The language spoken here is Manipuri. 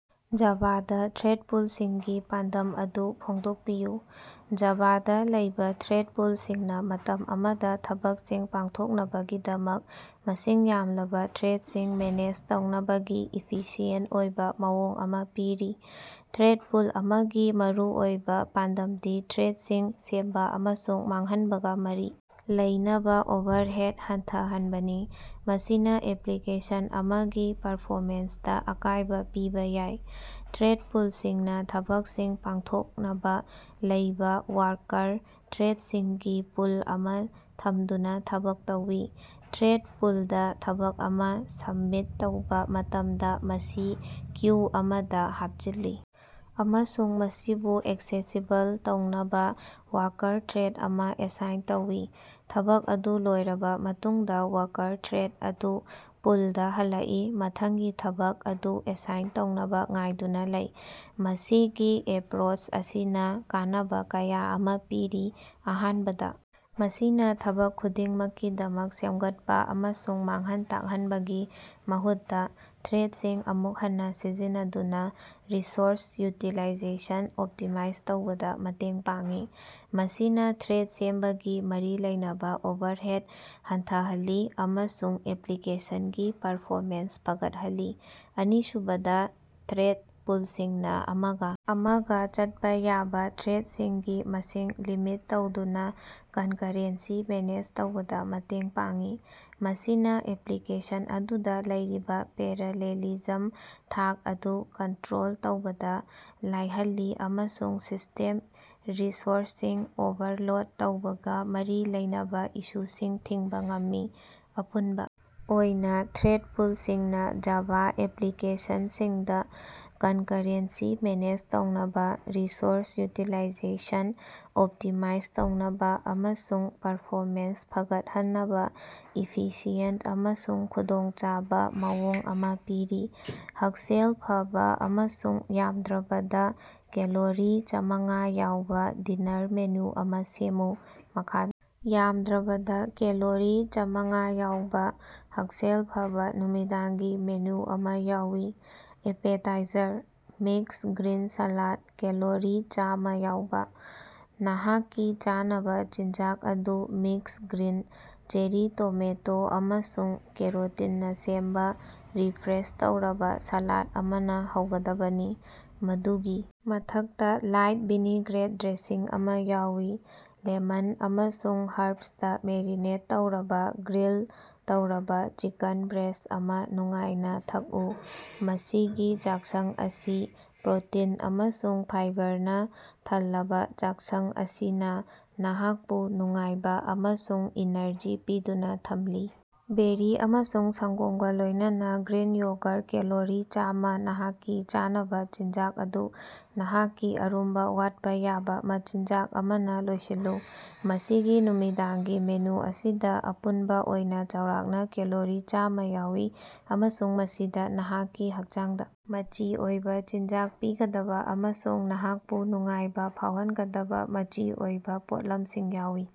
ꯖꯥꯚꯥꯗ ꯊ꯭ꯔꯦꯠꯄꯨꯜꯁꯤꯡꯒꯤ ꯄꯥꯟꯗꯝ ꯑꯗꯨ ꯐꯣꯡꯗꯣꯛꯄꯤꯌꯨ꯫ ꯖꯥꯚꯥꯗꯥ ꯂꯩꯕꯥ ꯊ꯭ꯔꯦꯠ ꯄꯨꯜꯁꯤꯡꯅꯥ ꯃꯇꯝ ꯑꯃꯗꯥ ꯊꯕꯛꯁꯤꯡ ꯄꯥꯡꯊꯣꯛꯅꯕꯒꯤꯗꯃꯛ ꯃꯁꯤꯡ ꯌꯥꯝꯂꯕꯥ ꯊ꯭ꯔꯦꯠꯁꯤꯡ ꯃꯦꯅꯦꯖ ꯇꯧꯅꯕꯒꯤ ꯏꯐꯤꯁꯤꯑꯦꯟꯇ ꯑꯣꯏꯕꯥ ꯃꯑꯣꯡ ꯑꯃꯥ ꯄꯤꯔꯤ꯫ ꯊ꯭ꯔꯦꯠ ꯄꯨꯜ ꯑꯃꯒꯤ ꯃꯔꯨꯑꯣꯏꯕꯥ ꯄꯥꯟꯗꯝꯗꯤ ꯊ꯭ꯔꯦꯠꯁꯤꯡ ꯁꯦꯝꯕꯥ ꯑꯃꯁꯨꯡ ꯃꯥꯡꯍꯟꯕꯒꯥ ꯃꯔꯤ ꯂꯩꯅꯕꯥ ꯑꯣꯚꯔꯍꯦꯗ ꯍꯟꯊꯍꯟꯕꯅꯤ, ꯃꯁꯤꯅꯥ ꯑꯦꯄ꯭ꯂꯤꯀꯦꯁꯟ ꯑꯃꯒꯤ ꯄꯔꯐꯣꯃꯦꯟꯁꯇꯥ ꯑꯀꯥꯏꯕꯥ ꯄꯤꯕꯥ ꯌꯥꯏ꯫ ꯊ꯭ꯔꯦꯠ ꯄꯨꯜꯁꯤꯡꯅꯥ ꯊꯕꯛꯁꯤꯡ ꯄꯥꯡꯊꯣꯛꯅꯕꯥ ꯂꯩꯕꯥ ꯋꯥꯔꯀꯔ ꯊ꯭ꯔꯦꯗꯁꯤꯡꯒꯤ ꯄꯨꯜ ꯑꯃꯥ ꯊꯝꯗꯨꯅꯥ ꯊꯕꯛ ꯇꯧꯏ꯫ ꯊ꯭ꯔꯦꯠ ꯄꯨꯜꯗꯥ ꯊꯕꯛ ꯑꯃꯥ ꯁꯕꯃꯤꯠ ꯇꯧꯕꯥ ꯃꯇꯝꯗꯥ, ꯃꯁꯤ ꯀ꯭ꯌꯨ ꯑꯃꯗꯥ ꯍꯥꯞꯆꯤꯜꯂꯤ ꯑꯃꯁꯨꯡ ꯃꯁꯤꯕꯨ ꯑꯦꯛꯁꯦꯁꯤꯕꯜ ꯇꯧꯅꯕꯥ ꯋꯥꯔꯀꯔ ꯊ꯭ꯔꯦꯠ ꯑꯃꯥ ꯑꯦꯁꯥꯏꯟ ꯇꯧꯏ꯫ ꯊꯕꯛ ꯑꯗꯨ ꯂꯣꯏꯔꯕꯥ ꯃꯇꯨꯡꯗꯥ, ꯋꯥꯔꯀꯔ ꯊ꯭ꯔꯦꯠ ꯑꯗꯨ ꯄꯨꯜꯗꯥ ꯍꯜꯂꯛꯏ, ꯃꯊꯪꯒꯤ ꯊꯕꯛ ꯑꯗꯨ ꯑꯦꯁꯥꯏꯟ ꯇꯧꯅꯕꯥ ꯉꯥꯏꯗꯨꯅꯥ ꯂꯩ꯫ ꯃꯁꯤꯒꯤ ꯑꯦꯄ꯭ꯔꯣꯆ ꯑꯁꯤꯅꯥ ꯀꯥꯟꯅꯕꯥ ꯀꯌꯥ ꯑꯃꯥ ꯄꯤꯔꯤ꯫ ꯑꯍꯥꯟꯕꯗꯥ, ꯃꯁꯤꯅꯥ ꯊꯕꯛ ꯈꯨꯗꯤꯡꯃꯛꯀꯤꯗꯃꯛ ꯁꯦꯝꯒꯠꯄꯥ ꯑꯃꯁꯨꯡ ꯃꯥꯡꯍꯟ ꯇꯥꯛꯍꯟꯕꯒꯤ ꯃꯍꯨꯠꯇꯥ, ꯊ꯭ꯔꯦꯠꯁꯤꯡ ꯑꯃꯨꯛ ꯍꯟꯅꯥ ꯁꯤꯖꯤꯟꯅꯗꯨꯅꯥ ꯔꯤꯁꯣꯔꯁ ꯌꯨꯇꯤꯂꯥꯏꯖꯦꯁꯟ ꯑꯣꯞꯇꯤꯃꯥꯏꯖ ꯇꯧꯕꯗꯥ ꯃꯇꯦꯡ ꯄꯥꯡꯏ꯫ ꯃꯁꯤꯅꯥ ꯊ꯭ꯔꯦꯠ ꯁꯦꯝꯕꯒꯥ ꯃꯔꯤ ꯂꯩꯅꯕꯥ ꯑꯣꯚꯔꯍꯦꯠ ꯍꯟꯊꯍꯜꯂꯤ ꯑꯃꯁꯨꯡ ꯑꯦꯄ꯭ꯂꯤꯀꯦꯁꯟꯒꯤ ꯄꯔꯐꯣꯃꯦꯟꯁ ꯐꯒꯠꯍꯜꯂꯤ꯫ ꯑꯅꯤꯁꯨꯕꯗꯥ, ꯊ꯭ꯔꯦꯠ ꯄꯨꯜꯁꯤꯡꯅꯥ ꯑꯃꯒꯥ ꯑꯃꯒꯥ ꯆꯠꯄꯥ ꯌꯥꯕꯥ ꯊ꯭ꯔꯦꯠꯁꯤꯡꯒꯤ ꯃꯁꯤꯡ ꯂꯤꯃꯤꯠ ꯇꯧꯗꯨꯅꯥ ꯀꯟꯀꯔꯦꯟꯁꯤ ꯃꯦꯅꯦꯖ ꯇꯧꯕꯗꯥ ꯃꯇꯦꯡ ꯄꯥꯡꯏ꯫ ꯃꯁꯤꯅꯥ ꯑꯦꯄ꯭ꯂꯤꯀꯦꯁꯟ ꯑꯗꯨꯗꯥ ꯂꯩꯔꯤꯕꯥ ꯄꯦꯔꯥꯂꯦꯂꯤꯖꯝꯒꯤ ꯊꯥꯛ ꯑꯗꯨ ꯀꯟꯇ꯭ꯔꯣꯜ ꯇꯧꯕꯗꯥ ꯂꯥꯏꯍꯜꯂꯤ ꯑꯃꯁꯨꯡ ꯁꯤꯁꯇꯦꯝ ꯔꯤꯁꯣꯔꯁꯁꯤꯡ ꯑꯣꯚꯔꯂꯣꯗ ꯇꯧꯕꯒꯥ ꯃꯔꯤ ꯂꯩꯅꯕꯥ ꯏꯁꯨꯁꯤꯡ ꯊꯤꯡꯕꯥ ꯉꯝꯃꯤ꯫ ꯑꯄꯨꯟꯕꯥ ꯑꯣꯏꯅꯥ, ꯊ꯭ꯔꯦꯠ ꯄꯨꯜꯁꯤꯡꯅꯥ ꯖꯥꯚꯥ ꯑꯦꯄ꯭ꯂꯤꯀꯦꯁꯟꯁꯤꯡꯗꯥ ꯀꯟꯀꯔꯦꯟꯁꯤ ꯃꯦꯅꯦꯖ ꯇꯧꯅꯕꯥ, ꯔꯤꯁꯣꯔꯁ ꯌꯨꯇꯤꯂꯥꯏꯖꯦꯁꯟ ꯑꯣꯞꯇꯤꯃꯥꯏꯖ ꯇꯧꯅꯕꯥ ꯑꯃꯁꯨꯡ ꯄꯔꯐꯣꯃꯦꯟꯁ ꯐꯒꯠꯍꯟꯅꯕꯥ ꯏꯐꯤꯁꯤꯑꯦꯟꯇ ꯑꯃꯁꯨꯡ ꯈꯨꯗꯣꯡꯆꯥꯕꯥ ꯃꯑꯣꯡ ꯑꯃꯥ ꯄꯤꯔꯤ꯫ ꯍꯛꯁꯦꯜ ꯐꯕꯥ ꯑꯃꯁꯨꯡ ꯌꯥꯝꯗ꯭ꯔꯕꯗꯥ ꯀꯦꯂꯣꯔꯤ ꯆꯥꯝꯃꯉꯥ ꯌꯥꯎꯕꯥ ꯗꯤꯅꯥꯔ ꯃꯦꯅꯨ ꯑꯃꯥ ꯁꯦꯝꯃꯨ꯫ ꯃꯈꯥꯗꯥ ꯌꯥꯝꯗ꯭ꯔꯕꯗꯥ ꯀꯦꯂꯣꯔꯤ ꯆꯥꯝꯃꯉꯥ ꯌꯥꯎꯕꯥ ꯍꯛꯁꯦꯜ ꯐꯕꯥ ꯅꯨꯃꯤꯗꯥꯡꯒꯤ ꯃꯦꯅꯨ ꯑꯃꯥ ꯌꯥꯎꯏ꯫ Appetizer: mix green salad calorie ꯆꯥꯝꯃꯥ ꯌꯥꯎꯕꯥ, ꯅꯍꯥꯛꯀꯤ ꯆꯥꯅꯕꯥ ꯆꯤꯟꯖꯥꯛ ꯑꯗꯨ ꯃꯤꯛꯁ ꯒ꯭ꯔꯤꯟ, ꯆꯦꯔꯤ ꯇꯣꯃꯦꯇꯣ ꯑꯃꯁꯨꯡ ꯀꯦꯔꯣꯇꯤꯟꯅꯥ ꯁꯦꯝꯕꯥ ꯔꯤꯐ꯭ꯔꯦꯁ ꯇꯧꯔꯕꯥ ꯁꯥꯂꯥꯠ ꯑꯃꯅꯥ ꯍꯧꯒꯗꯕꯅꯤ, ꯃꯗꯨꯒꯤ ꯃꯊꯛꯇꯥ ꯂꯥꯏꯠ ꯚꯤꯅꯦꯒ꯭ꯔꯦꯠ ꯗ꯭ꯔꯦꯁꯤꯡ ꯑꯃꯥ ꯌꯥꯎꯏ꯫ ꯂꯦꯃꯟ ꯑꯃꯁꯨꯡ ꯍꯔꯕꯁꯇꯥ ꯃꯦꯔꯤꯅꯦꯠ ꯇꯧꯔꯕꯥ ꯒ꯭ꯔꯤꯜ ꯇꯧꯔꯕꯥ ꯆꯤꯀꯟ ꯕ꯭ꯔꯦꯁ ꯑꯃꯥ ꯅꯨꯡꯉꯥꯏꯅꯥ ꯊꯛꯎ꯫ ꯃꯁꯤꯒꯤ ꯆꯥꯛꯁꯪ ꯑꯁꯤ ꯄ꯭ꯔꯣꯇꯤꯟ ꯑꯃꯁꯨꯡ ꯐꯥꯏꯕꯔꯅꯥ ꯊꯜꯂꯕꯥ ꯆꯥꯛꯁꯪ ꯑꯁꯤꯅꯥ ꯅꯍꯥꯛꯄꯨ ꯅꯨꯡꯉꯥꯏꯕꯥ ꯑꯃꯁꯨꯡ ꯏꯅꯔꯖꯤ ꯄꯤꯗꯨꯅꯥ ꯊꯝꯂꯤ꯫ ꯕꯦꯔꯤ ꯑꯃꯁꯨꯡ ꯁꯪꯒꯣꯝꯒꯥ ꯂꯣꯏꯅꯅꯥ ꯒ꯭ꯔꯤꯟ ꯌꯣꯒꯔ ꯀꯦꯂꯣꯔꯤ ꯆꯥꯝꯃꯥ ꯅꯍꯥꯛꯀꯤ ꯆꯥꯅꯕꯥ ꯆꯤꯟꯖꯥꯛ ꯑꯗꯨ ꯅꯍꯥꯛꯀꯤ ꯑꯔꯨꯝꯕꯥ ꯋꯥꯠꯄꯥ ꯌꯥꯕꯥ ꯃꯆꯤꯟꯖꯥꯛ ꯑꯃꯅꯥ ꯂꯣꯏꯁꯤꯜꯂꯨ꯫ ꯃꯁꯤꯒꯤ ꯅꯨꯃꯤꯗꯥꯡꯒꯤ ꯃꯦꯅꯨ ꯑꯁꯤꯗꯥ ꯑꯄꯨꯟꯕꯥ ꯑꯣꯏꯅꯥ ꯆꯥꯎꯔꯥꯛꯅꯥ ꯀꯦꯂꯣꯔꯤ ꯆꯥꯝꯃꯥ ꯌꯥꯎꯏ ꯑꯃꯁꯨꯡ ꯃꯁꯤꯗꯥ ꯅꯍꯥꯛꯀꯤ ꯍꯛꯆꯥꯡꯗꯥ ꯃꯆꯤ ꯑꯣꯏꯕꯥ ꯆꯤꯟꯖꯥꯛ ꯄꯤꯒꯗꯕꯥ ꯑꯃꯁꯨꯡ ꯅꯍꯥꯛꯄꯨ ꯅꯨꯡꯉꯥꯏꯕꯥ ꯐꯥꯎꯍꯟꯒꯗꯕꯥ ꯃꯆꯤ ꯑꯣꯏꯕꯥ ꯄꯣꯠꯂꯝꯁꯤꯡ ꯌꯥꯎꯏ꯫